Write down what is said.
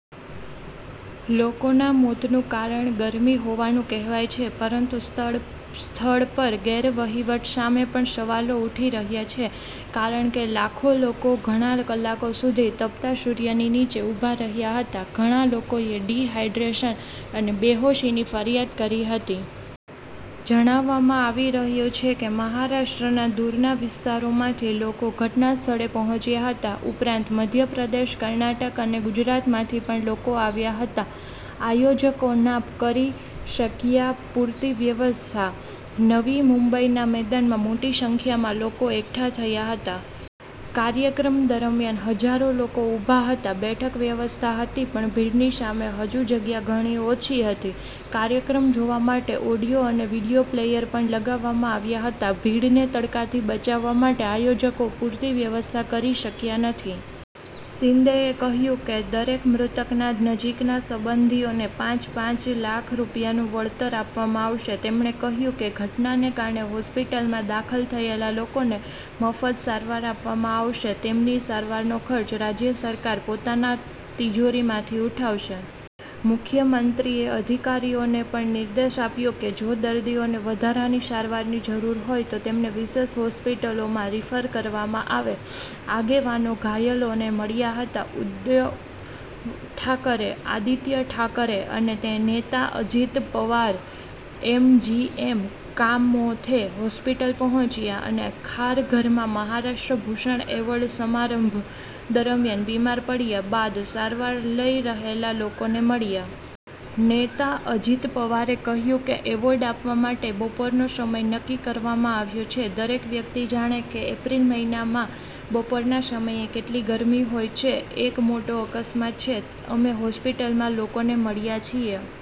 લોકોના મોતનું કારણ ગરમી હોવાનું કહેવાય છે. પરંતુ સ્થળ પર ગેરવહીવટ સામે પણ સવાલો ઉઠી રહ્યા છે. કારણ કે લાખો લોકો ઘણા કલાકો સુધી તપતા સૂર્યની નીચે ઉભા રહ્યા હતા. ઘણા લોકોએ ડિહાઇડ્રેશન અને બેહોશીની ફરિયાદ કરી હતી. જણાવવામાં આવી રહ્યું છે કે મહારાષ્ટ્રના દૂરના વિસ્તારોમાંથી લોકો ઘટનાસ્થળે પહોંચ્યા હતા. ઉપરાંત મધ્યપ્રદેશ, કર્ણાટક અને ગુજરાતમાંથી પણ લોકો આવ્યા હતા. આયોજકો ના કરી શક્યા પૂરતી વ્યવસ્થા નવી મુંબઈના મેદાનમાં મોટી સંખ્યામાં લોકો એકઠા થયા હતા. કાર્યક્રમ દરમિયાન હજારો લોકો ઉભા હતા. બેઠક વ્યવસ્થા હતી પણ ભીડની સામે હજુ જગ્યા ઘણી ઓછી હતી. કાર્યક્રમ જોવા માટે ઓડિયો અને વીડિયો પ્લેયર પણ લગાવવામાં આવ્યા હતા. ભીડને તડકાથી બચાવવા માટે આયોજકો પૂરતી વ્યવસ્થા કરી શક્યા નથી. શિંદેએ કહ્યું કે દરેક મૃતકના નજીકના સંબંધીઓને પાંચ-પાંચ લાખ રૂપિયાનું વળતર આપવામાં આવશે. તેમણે કહ્યું કેઘટનાને કારણે હોસ્પિટલમાં દાખલ થયેલા લોકોને મફત સારવાર આપવામાં આવશે. તેમની સારવારનો ખર્ચ રાજ્ય સરકાર પોતાની તિજોરીમાંથી ઉઠાવશે. મુખ્યમંત્રીએ અધિકારીઓને પણ નિર્દેશ આપ્યો કે જો દર્દીઓને વધારાની સારવારની જરૂર હોય તો તેમને વિશેષ હોસ્પિટલોમાં રીફર કરવામાં આવે. આગેવાનો ઘાયલોને મળ્યા હતા ઉદ્ધવ ઠાકરે, આદિત્ય ઠાકરે અને નેતા અજિત પવાર એમજીએમ કામોથે હોસ્પિટલ પહોંચ્યા અને ખારઘરમાં મહારાષ્ટ્ર ભૂષણ એવોર્ડ સમારંભ દરમિયાન બીમાર પડ્યા બાદ સારવાર લઈ રહેલા લોકોને મળ્યા. નેતા અજિત પવારે કહ્યું કે એવોર્ડ આપવા માટે બપોરનો સમય નક્કી કરવામાં આવ્યો છે. દરેક વ્યક્તિ જાણે છે કે એપ્રિલ મહિનામાં બપોરના સમયે કેટલી ગરમી હોય છે. એક મોટો અકસ્માત છે, અમે હોસ્પિટલમાં લોકોને મળ્યા છીએ.